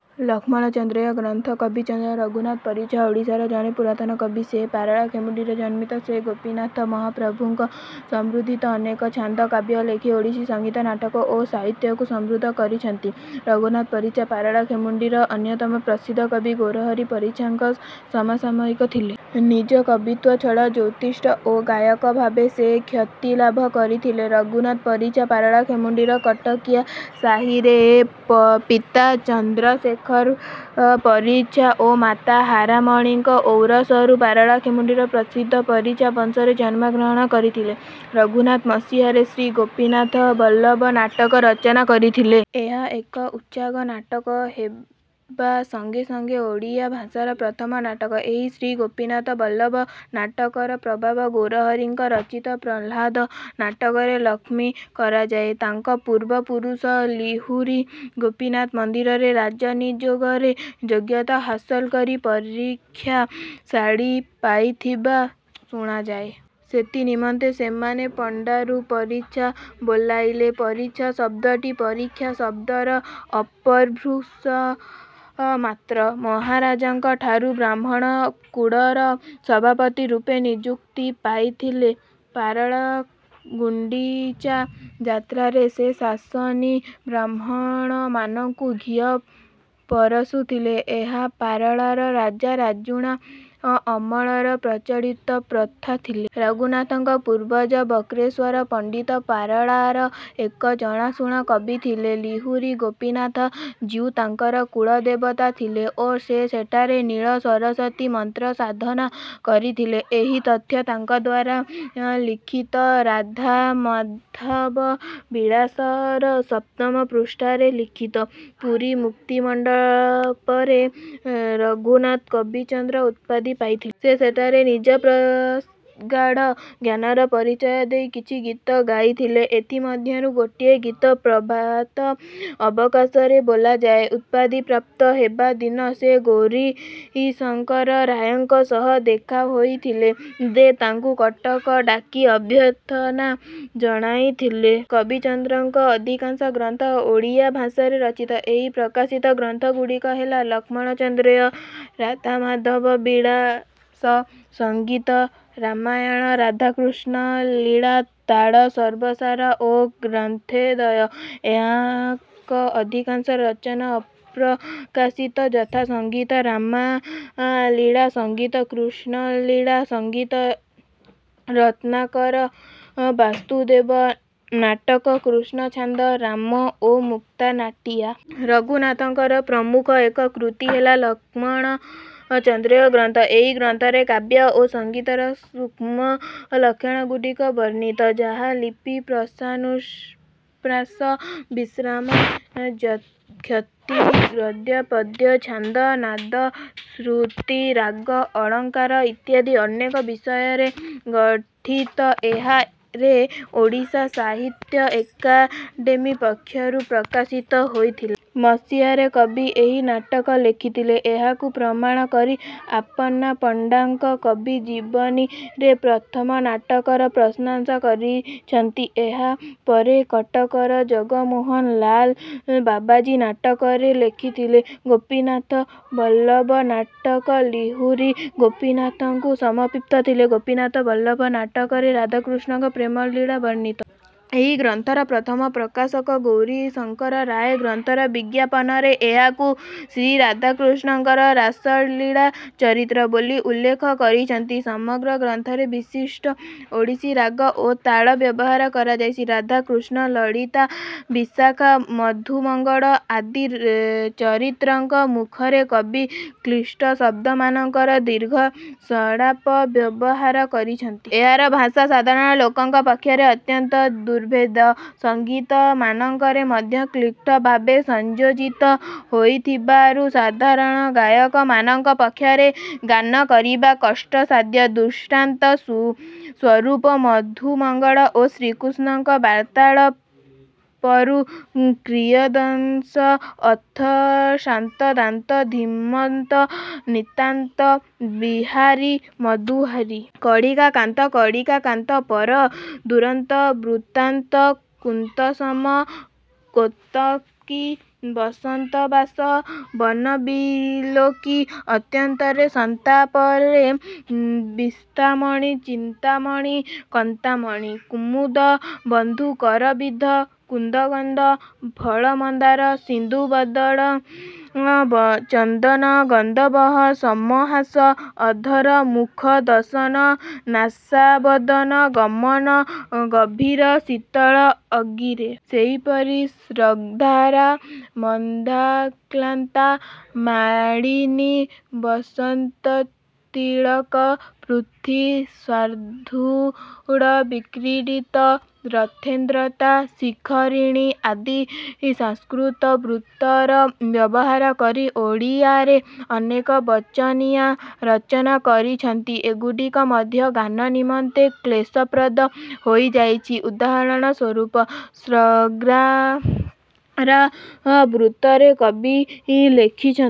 ଲକ୍ଷଣ ଚନ୍ଦ୍ରୋଦୟ ଗ୍ରନ୍ଥ କବିଚନ୍ଦ୍ର ରଘୁନାଥ ପରିଚ୍ଛା ଓଡ଼ିଶାର ଜଣେ ପୁରାତନ କବି। ସେ ପାରଳାଖେମୁଣ୍ଡିରେ ଜନ୍ମିତ। ସେ ଗୋପୀନାଥ ମହାପ୍ରଭୁଙ୍କ ସମ୍ବନ୍ଧିତ ଅନେକ ଛାନ୍ଦ, କାବ୍ୟ ଲେଖି ଓଡ଼ିଶୀ ସଙ୍ଗୀତ, ନାଟକ ଓ ସାହିତ୍ୟ କୁ ସମୃଦ୍ଧ କରିଛନ୍ତି। ରଘୁନାଥ ପରିଚ୍ଛା ପାରଳାଖେମୁଣ୍ଡିର ଅନ୍ୟତମ ପ୍ରସିଦ୍ଧ କବି ଗୌରହରି ପରିଚ୍ଛା ଙ୍କ ସମସାମୟିକ ଥିଲେ। ନିଜ କବିତ୍ୱ ଛଡ଼ା ଜ୍ୟୋତିଷ ଓ ଗାୟକ ଭାବେ ସେ ଖ୍ୟାତି ଲାଭ କରିଥିଲେ। ରଘୁନାଥ ପରିଚ୍ଛା ପାରଳାଖେମୁଣ୍ଡିର କଟକିଆ ସାହିରେ ପିତା ଚନ୍ଦ୍ରଶେଖର ପରିଚ୍ଛା ଓ ମାତା ହାରାମଣୀଙ୍କ ଔରସରୁ ପାରଳାଖେମୁଣ୍ଡିର ପ୍ରସିଦ୍ଧ 'ପରିଚ୍ଛା' ବଂଶରେ ଜନ୍ମଗ୍ରହଣ କରିଥିଲେ। ରଘୁନାଥ ମସିହାରେ ଶ୍ରୀ ଗୋପୀନାଥ ବଲ୍ଲଭ ନାଟକ ରଚନା କରିଥିଲେ। ଏହା ଏକ ଉଚ୍ଚାଙ୍ଗ ନାଟକ ହେବା ସଙ୍ଗେ ସଙ୍ଗେ ଓଡ଼ିଆ ଭାଷାର ପ୍ରଥମ ନାଟକ। ଏହି ଶ୍ରୀ ଗୋପୀନାଥ ବଲ୍ଲଭ ନାଟକର ପ୍ରଭାବ ଗୌରହରିଙ୍କ ରଚିତ ପ୍ରହ୍ଲାଦ ନାଟକରେ ଲକ୍ଷ୍ୟ କରାଯାଏ। ତାଙ୍କ ପୂର୍ବ ପୁରୁଷ ଲିହୁରି ଗୋପୀନାଥ ମନ୍ଦିରରେ ରାଜ ନିଯୋଗରେ ଯୋଗ୍ୟତା ହାସଲ କରି ପରିକ୍ଷା ଶାଢି ପାଇଥିବା ଶୁଣାଯାଏ। ସେଥି ନିମନ୍ତେ ସେମାନେ ପଣ୍ଡାରୁ ପରିଚ୍ଛା ବୋଲାଇଲେ। ପରିଚ୍ଛା ଶବ୍ଦଟି ପରୀକ୍ଷା ଶବ୍ଦର ଅପଭ୍ରଂଶ ମାତ୍ର। ମହାରାଜଙ୍କଠାରୁ ବ୍ରାହ୍ମଣ କୁଳର ସଭାପତି ରୂପେ ନିଯୁକ୍ତି ପାଇଥିଲେ। ପରଳା ଗୁଣ୍ଡିଚା ଯାତ୍ରାରେ ସେ ଶାସନୀ ବ୍ରାହ୍ମଣମାନଙ୍କୁ ଘିଅ ପରଷୁଥିଲେ। ଏହା ପାରଳାର ରଜାରାଜୁଡ଼ା ଅମଳର ପ୍ରଚଳିତ ପ୍ରଥା ଥିଲା। ରଘୁନାଥଙ୍କ ପୂର୍ବଜ ବକ୍ରେଶ୍ୱର ପଣ୍ଡିତ ପାରଳାର ଏକ ଜଣାଶୁଣା କବି ଥିଲେ। ଲିହୁରି ଗୋପୀନାଥ ଜୀଉ ତାଙ୍କର କୁଳଦେବତା ଥିଲେ ଓ ସେ ସେଠାରେ ନୀଳସରସ୍ୱତୀ ମନ୍ତ୍ର ସାଧନା କରିଥିଲେ। ଏହି ତଥ୍ୟ ତାଙ୍କଦ୍ୱାରା ଲିଖିତ 'ରାଧାମାଧାବ ବିଳାସ'ର ସପ୍ତମ ପୃଷ୍ଠାରେ ଲିଖିତ। ପୁରୀ ମୁକ୍ତିମଣ୍ଡପରେ ରଘୁନାଥ କବିଚନ୍ଦ୍ର ଉପାଧି ପାଇଥିଲେ। ସେ ସେଠାରେ ନିଜା ପ୍ରଗାଢ଼ ଜ୍ଞାନର ପରିଚୟ ଦେଇ କିଛି ଗୀତ ଗାଇଥିଲେ। ଏଥି ମଧ୍ୟରୁ ଗୋଟିଏ ଗୀତ ପ୍ରଭାତ ଅବକାଶରେ ବୋଲାଯାଏ। ଉପାଧି ପ୍ରାପ୍ତ ହେବା ଦିନ ସେ ଗୌରୀଶଙ୍କର ରାୟଙ୍କ ସହ ଦେଖା ହୋଇଥିଲେ, ଯେ ତାଙ୍କୁ କଟକ ଡାକି ଅଭ୍ୟର୍ଥନା ଜଣାଇଥିଲେ। କବିଚନ୍ଦ୍ରଙ୍କ ଅଧିକାଂଶ ଗ୍ରନ୍ଥ ଓଡ଼ିଆ ଭାଷାରେ ରଚିତ। ଏହି ପ୍ରକାଶିତ ଗ୍ରନ୍ଥଗୁଡ଼ିକ ହେଲା- ଲକ୍ଷଣଚନ୍ଦ୍ରୋଦୟ, ରାଧାମାଧବ ବିଳାସ, ସଙ୍ଗୀତ ରାମାୟଣ, ରାଧାକୃଷ୍ଣ ଲୀଳା, ତାଳ ସର୍ବସାର ଓ ଗ୍ରନ୍ଥୋଦୟ। ଏହାଙ୍କ ଅଧିକାଂଶ ରଚନା ଅପ୍ରକାଶିତ ଯଥା: ସଙ୍ଗୀତ ରାମଲୀଳା, ସଙ୍ଗୀତ କୃଷ୍ଣଲୀଳା, ସଙ୍ଗୀତ ରତ୍ନାକର, ବାସୁଦେବ ନାଟକ, କୃଷ୍ଣ ଛାନ୍ଦ, ରାମ ଓ ମୁକ୍ତା ନାଟିକା। ରଘୁନାଥଙ୍କର ପ୍ରମୁଖ ଏକ କୃତି ହେଲା ଲକ୍ଷଣ ଚନ୍ଦ୍ରୋଦୟ ଗ୍ରନ୍ଥ। ଏହି ଗ୍ରନ୍ଥରେ କାବ୍ୟ ଓ ସଙ୍ଗୀତର ସୂକ୍ଷ୍ମ ଲକ୍ଷଣଗୁଡ଼ିକ ବର୍ଣ୍ଣିତ। ଯାହା ଲିପି, ପ୍ରାସାନୁପ୍ରାସ, ବିଶ୍ରାମ ଯତି, ଗଦ୍ୟପଦ୍ୟ, ଛାନ୍ଦ, ନାଦ, ଶ୍ରୁତି, ରାଗ, ଅଳଙ୍କାର ଇତ୍ୟାଦି ଅନେକ ବିଷୟରେ ଗଠିତ। ଏହା ରେ ଓଡ଼ିଶା ସାହିତ୍ୟା ଏକାଡେମୀ ପକ୍ଷରୁ ପ୍ରକାଶିତ ହୋଇଥିଲା। ମସିହାରେ କବି ଏହି ନାଟକ ଲେଖିଥିଲେ। ଏହାକୁ ପ୍ରମାଣ କରି ଆପନ୍ନା ପଣ୍ଡାଙ୍କ 'କବି ଜୀବନି'ରେ ପ୍ରଥମ ନାଟକର ପ୍ରଶଂସା କରିଛନ୍ତି। ଏହା ପରେ କଟକର ଜଗମୋହନ ଲାଲ ବାବାଜୀ ନାଟକ ରେ ଲେଖିଥିଲେ। ଗୋପୀନାଥ ବଲ୍ଲଭ ନାଟକ ଲିହୁରି ଗୋପୀନାଥଙ୍କୁ ସମର୍ପିତ ଥିଲା। ଗୋପୀନାଥ ବଲ୍ଲଭ ନାଟକରେ ରାଧାକୃଷ୍ଣଙ୍କ ପ୍ରେମଲୀଳା ବର୍ଣ୍ଣିତ। ଏହି ଗ୍ରନ୍ଥର ପ୍ରଥମ ପ୍ରକାଶକ ଗୌରୀଶଙ୍କର ରାୟ ଗ୍ରନ୍ଥର ବିଜ୍ଞାପନରେ ଏହାକୁ 'ଶ୍ରୀରାଧାକୃଷ୍ଣଙ୍କର ରାସଲୀଳା ଚରିତ୍ର' ବୋଲି ଉଲ୍ଲେଖ କରିଛନ୍ତି। ସମଗ୍ର ଗ୍ରନ୍ଥରେ ବିଭିନ୍ନ ଓଡ଼ିଶୀ ରାଗ ଓ ତାଳ ବ୍ୟବହାର କରାଯାଇଛି। ରାଧା, କୃଷ୍ଣ, ଲଳିତା, ବିଶାଖା, ମଧୁମଙ୍ଗଳ ଆଦି ଚରିତ୍ରଙ୍କ ମୁଖରେ କବି କ୍ଳିଷ୍ଟ ଶବ୍ଦମାନଙ୍କର ଦୀର୍ଘ ସଂଳାପ ବ୍ୟବହାର କରିଛନ୍ତି। ଏହାର ଭାଷା ସାଧାରଣ ଲୋକଙ୍କ ପକ୍ଷରେ ଅତ୍ୟନ୍ତ ଦୁର୍ବୋଧ୍ୟ। ସଙ୍ଗୀତମାନଙ୍କରେ ମଧ୍ୟ କ୍ଳିଷ୍ଟ ଭାବେ ସଂଯୋଜିତ ହୋଇଥିବାରୁ ସାଧାରଣ ଗାୟକମାନଙ୍କ ପକ୍ଷରେ ଗାନ କରିବା କଷ୍ଟସାଧ୍ୟ। ଦୃଷ୍ଟାନ୍ତ ସ୍ୱରୂପ ମଧୁମଙ୍ଗଳ ଓ ଶ୍ରୀକୃଷ୍ଣଙ୍କ ବାର୍ତ୍ତାଳାପରୁ କିୟଦଂଶ: ଅଥ ଶାନ୍ତ ଦାନ୍ତ ଧୀମନ୍ତ ନିତାନ୍ତ ବିହାରି ମଧୁହାରି। କଳିକା କାନ୍ତ କଳିକା କାନ୍ତ ପର ଦୁରନ୍ତ ବୃତ୍ତାନ୍ତ କୁନ୍ତସମ କେତକୀ ବସନ୍ତ ବାସ ବନ ବିଲୋକି ଅତ୍ୟନ୍ତରେ ସନ୍ତାପରେ। ଚିନ୍ତାମଣି ଚିନ୍ତାମଣି କାନ୍ତାମଣି। କୁମୁଦ ବନ୍ଧୁ କରବିନ୍ଦ କୁନ୍ଦଗନ୍ଧ ଫଳ ମନ୍ଦାର ସିନ୍ଧୁ ବଦନ ଚନ୍ଦନ ଗନ୍ଧବହ ସମ ହାସ ଅଧର ମୁଖ ଦଶନ ନାସାବଦନ ଗମନ ଗଭୀର ଶୀତଳ ଅଙ୍ଗିରେ। ସେହିପରି ସ୍ରଗ୍ଧାରା, ମନ୍ଦାକ୍ରାନ୍ତା, ମାଳିନୀ, ବସନ୍ତତିଳକ, ପୃଥ୍ୱୀ, ଶାର୍ଦ୍ଦୂଳବିକ୍ରୀଡ଼ିତ, ରଥୋଦ୍ଧତା, ଶିଖରିଣୀ ଆଦି ସଂସ୍କୃତ ବୃତ୍ତର ବ୍ୟବହାର କରି ଓଡ଼ିଆରେ ଅନେକ ବଚନିକା ରଚନା କରିଛନ୍ତି। ଏଗୁଡ଼ିକ ମଧ୍ୟ ଗାନ ନିମନ୍ତେ କ୍ଳେଶପ୍ରଦ ହୋଇଯାଇଛି। ଉଦାହରଣ ସ୍ୱରୂପ ସ୍ରଗ୍ଧାରା ବୃତ୍ତରେ କବି ଲେଖିଛନ୍ତି:।